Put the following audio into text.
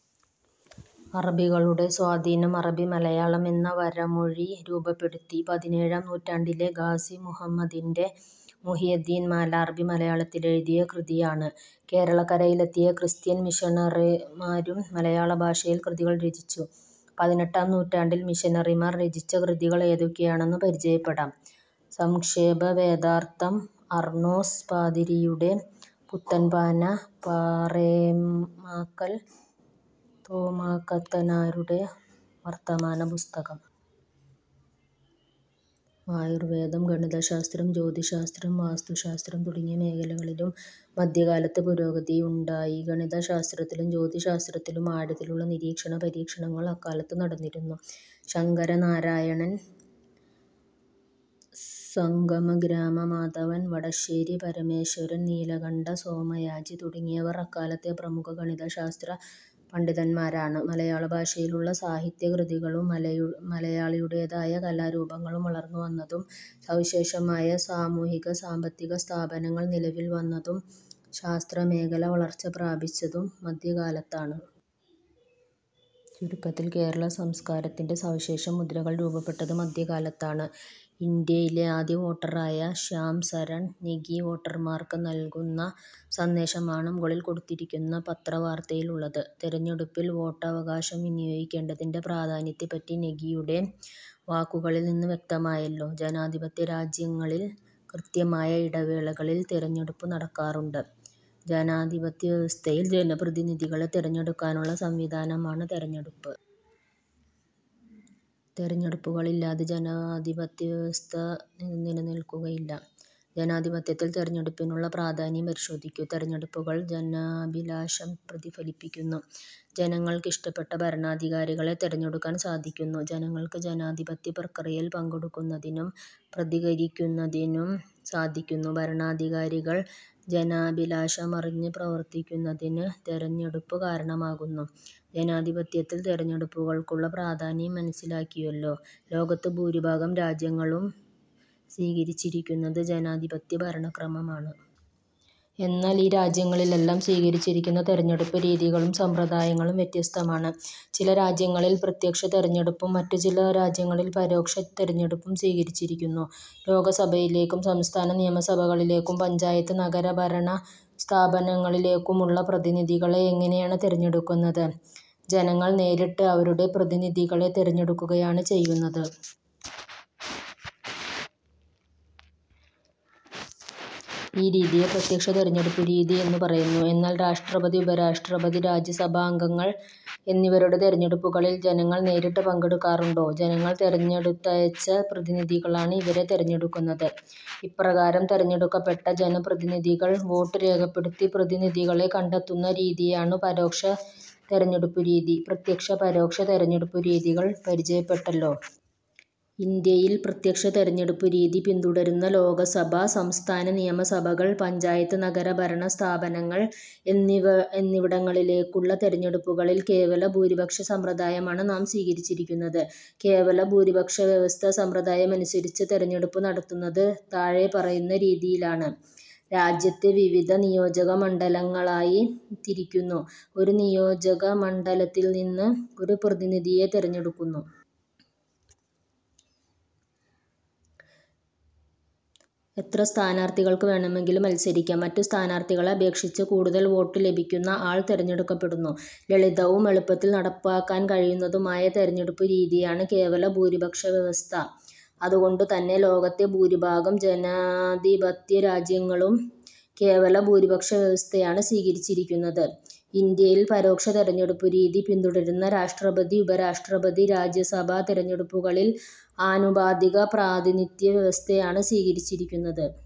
അറബികളുടെ സ്വാധീനം അറബിമലയാളം എന്ന വരമൊഴി രൂപപ്പെടുത്തി. പതിനേഴാം നൂറ്റാണ്ടിലെ ഖാസി മുഹമ്മദിന്റെ മുഹ്യിദ്ദീൻ മാല അറബിമലയാളത്തിലെഴുതിയ കൃതിയാണ്. കേരളക്കരയിലെത്തിയ ക്രിസ്ത്യൻ മിഷണറിമാരും മലയാളഭാഷയിൽ കൃതികൾ രചിച്ചു. പതിനെട്ടാം നൂറ്റാണ്ടിൽ മിഷനറിമാർ രചിച്ച കൃതികൾ ഏതൊക്കെയാണെന്ന് പരിചയപ്പെടാം. സംക്ഷേപവേദാർഥം, അർണോസ് പാതിരിയുടെ പുത്തൻപാന, പാറേമാക്കൽ തോമാക്കത്തനാരുടെ വർത്തമാനപ്പുസ്തകം. ആയുർവേദം, ഗണിതശാസ്ത്രം, ജ്യോതിശ്ശാസ്ത്രം, വാസ്തു ശാസ്ത്രം തുടങ്ങിയ മേഖലകളിലും മധ്യകാലത്ത് പുരോഗതിയുണ്ടായി. ഗണിതശാസ്ത്രത്തിലും ജ്യോതിശ്ശാസ്ത്രത്തിലും ആഴത്തിലുള്ള നിരീക്ഷണപരീക്ഷണങ്ങൾ അക്കാലത്ത് നടന്നിരുന്നു. ശങ്കര രനാരായണൻ, സംഗമഗ്രാമ മാധവൻ, വടശ്ശേരി പരമേശ്വരൻ, നീലകണ്ഠ സോമയാജി തുടങ്ങിയവർ അക്കാലത്തെ പ്രമുഖ ഗണിത ശാസ്ത്ര പണ്ഡിതന്മാരാണ്. മലയു മലയാളഭാഷയിലുള്ള സാഹിത്യകൃതികളും മലയാളിയുടേതായ കലാരൂപങ്ങളും വളർന്നു വന്നതും സവിശേഷമായ സാമൂ ഹിക-സാമ്പത്തിക സ്ഥാപനങ്ങൾ നിലവിൽ വന്നതും ശാസ്ത്ര മേഖല വളർച്ച പ്രാപിച്ചതും മധ്യകാലത്താണ്. ചുരുക്കത്തിൽ, കേരളസംസ്കാരത്തിന്റെ സവിശേഷ മുദ്രകൾ രൂപപ്പെട്ടത് മധ്യ കാലത്താണ്. ഇന്ത്യയിലെ ആദ്യ വോട്ടറായ ശ്യാംസരൺ നെഗി വോട്ടർമാർക്ക് നൽകുന്ന സന്ദേശമാണ് മുകളിൽ കൊടുത്തിരിക്കുന്ന പത്രവാർത്തയിലുള്ളത്. തിരഞ്ഞെടുപ്പിൽ വോട്ടവകാശം വിനിയോഗിക്കേണ്ടതിന്റെ പ്രാധാന്യത്തെപ്പറ്റി നെഗിയുടെ വാക്കുകളിൽ നിന്നു വ്യക്തമായല്ലോ. ജനാധിപത്യരാജ്യങ്ങളിൽ കൃത്യമായ ഇടവേളകളിൽ തിരഞ്ഞെടുപ്പ് നടക്കാറുണ്ട്. ജനാധിപത്യവ്യവസ്ഥയിൽ ജനപ്രതിനിധികളെ തിരഞ്ഞെടുക്കാനുള്ള സംവിധാനമാണ് തിരഞ്ഞെടുപ്പ്. തെരഞ്ഞെടുപ്പുകളില്ലാതെ ജനാധിപത്യവ്യവസ്ഥ നിലനിൽക്കുകയില്ല. ജനാധിപത്യത്തിൽ തെരഞ്ഞെടുപ്പിനുള്ള പ്രാധാന്യം പരിശോധിക്കൂ. തെരഞ്ഞെടുപ്പുകൾ ജനാഭിലാഷം പ്രതിഫലിപ്പിക്കുന്നു. ജനങ്ങൾക്കിഷ്ടപ്പെട്ട ഭരണാധികാരികളെ തെരഞ്ഞെടുക്കാൻ സാധിക്കുന്നു. ജനങ്ങൾക്ക് ജനാധിപത്യ പ്രക്രിയയിൽ പങ്കെടുക്കുന്നതിനും പ്രതികരിക്കുന്നതിനും സാധിക്കുന്നു. ഭരണാധികാരികൾ ജനാഭിലാഷമറിഞ്ഞ് പ്രവർത്തിക്കുന്നതിന് തിരഞ്ഞെടുപ്പ് കാരണമാകുന്നു. ജനാധിപത്യത്തിൽ തെരഞ്ഞെടുപ്പുകൾക്കുള്ള പ്രാധാന്യം മനസ്സിലാക്കിയല്ലോ. ലോകത്ത് ഭൂരിഭാഗം രാജ്യങ്ങളും സ്വീകരിച്ചിരിക്കുന്നത് ജനാധിപത്യ ഭരണക്രമമാണ്. എന്നാൽ ഈ രാജ്യങ്ങളിലെല്ലാം സ്വീകരിച്ചിരിക്കുന്ന തെരഞ്ഞെടുപ്പ് രീതികളും സമ്പ്രദായങ്ങളും വ്യത്യസ്തമാണ്. ചില രാജ്യങ്ങളിൽ പ്രത്യക്ഷ തെരഞ്ഞെടുപ്പും മറ്റു ചില രാജ്യങ്ങളിൽ പരോക്ഷ തെരഞ്ഞെടുപ്പും സ്വീകരിച്ചിരിക്കുന്നു. ലോകസഭയിലേക്കും സംസ്ഥാന നിയമസഭകളിലേക്കും പഞ്ചായത്ത് നഗര ഭരണ സ്ഥാപനങ്ങളിലേക്കുമുള്ള പ്രതിനിധികളെ എങ്ങനെയാണ് തെരഞ്ഞടുക്കുന്നത്? ജനങ്ങൾ നേരിട്ട് അവരുടെ പ്രതിനിധികളെ തെരഞ്ഞെടുക്കുകയാണ് ചെയ്യുന്നത്. ഈ രീതിയെ പ്രത്യക്ഷ തെരഞ്ഞെടുപ്പുരീതി എന്നു പറയുന്നു. എന്നാൽ രാഷ്ട്രപതി, ഉപരാഷ്ട്രപതി, രാജ്യസഭാംഗങ്ങൾ എന്നിവരുടെ തെരഞ്ഞെടുപ്പുകളിൽ ജനങ്ങൾ നേരിട്ട് പങ്കെടുക്കാറുണ്ടോ? ജനങ്ങൾ തെരഞ്ഞെടുത്തയച്ച പ്രതിനിധികളാണ് ഇവരെ തെരഞ്ഞെടുക്കുന്നത്. ഇപ്രകാരം തെരഞ്ഞെടുക്കപ്പെട്ട ജനപ്രതിനിധികൾ വോട്ട് രേഖപ്പെടുത്തി പ്രതിനിധികളെ കണ്ടെത്തുന്ന രീതിയാണ് പരോക്ഷ തെരഞ്ഞെടുപ്പുരീതി. പ്രത്യക്ഷ-പരോക്ഷ തെരഞ്ഞെടുപ്പുരീതികൾ പരിചയപ്പെട്ടല്ലോ. ഇന്ത്യയിൽ പ്രത്യക്ഷ തെരഞ്ഞെടുപ്പുരീതി പിന്തുടരുന്ന ലോകസഭ, സംസ്ഥാന നിയമ സഭകൾ, പഞ്ചായത്ത്-നഗരഭരണ സ്ഥാപനങ്ങൾ എന്നിവ എന്നിവിടങ്ങളിലേക്കുള്ള തെരഞ്ഞെടുപ്പുകളിൽ കേവലഭൂരിപക്ഷ സമ്പ്രദായമാണ് നാം സ്വീകരിച്ചിരിക്കുന്നത്. കേവല ഭൂരിപക്ഷ വ്യവസ്ഥ സമ്പ്രദായമനുസരിച്ച് തെരഞ്ഞെടുപ്പ് നടത്തുന്നത് താഴെ പറയുന്ന രീതിയിലാണ്. രാജ്യത്തെ വിവിധ നിയോജകമണ്ഡലങ്ങളായി തിരിക്കുന്നു. ഒരു നിയോജക മണ്ഡലത്തിൽ നിന്ന് ഒരു പ്രതിനിധിയെ തെരഞ്ഞെടുക്കുന്നു. എത്ര സ്ഥാനാർഥികൾക്ക് വേണമെങ്കിലും മത്സരിക്കാം. മറ്റു സ്ഥാനാർഥികളെ അപേക്ഷിച്ച് കൂടുതൽ വോട്ട് ലഭിക്കുന്ന ആൾ തെരഞ്ഞെടുക്കപ്പെടുന്നു. ലളിതവും എളുപ്പത്തിൽ നടപ്പാക്കാൻ കഴിയുന്നതുമായ തെരഞ്ഞെടുപ്പുരീതിയാണ് കേവലഭൂരിപക്ഷവ്യവസ്ഥ. അതുകൊണ്ടുതന്നെ ലോകത്തെ ഭൂരിഭാഗം ജനാധിപ ത്യരാജ്യങ്ങളും കേവലഭൂരിപക്ഷ വ്യവസ്ഥയാണ് സ്വീകരിച്ചിരിക്കുന്നത്. ഇന്ത്യയിൽ പരോക്ഷ തെരഞ്ഞെടുപ്പു രീതി പിന്തുടരുന്ന രാഷ്ട്രപതി, ഉപരാഷ്ട്രപതി, രാജ്യസഭാ തെരഞ്ഞെടുപ്പുകളിൽ ആനുപാതിക പ്രാതിനിധ്യ വ്യവസ്ഥയാണ് സ്വീകരിച്ചിരിക്കുന്നത്.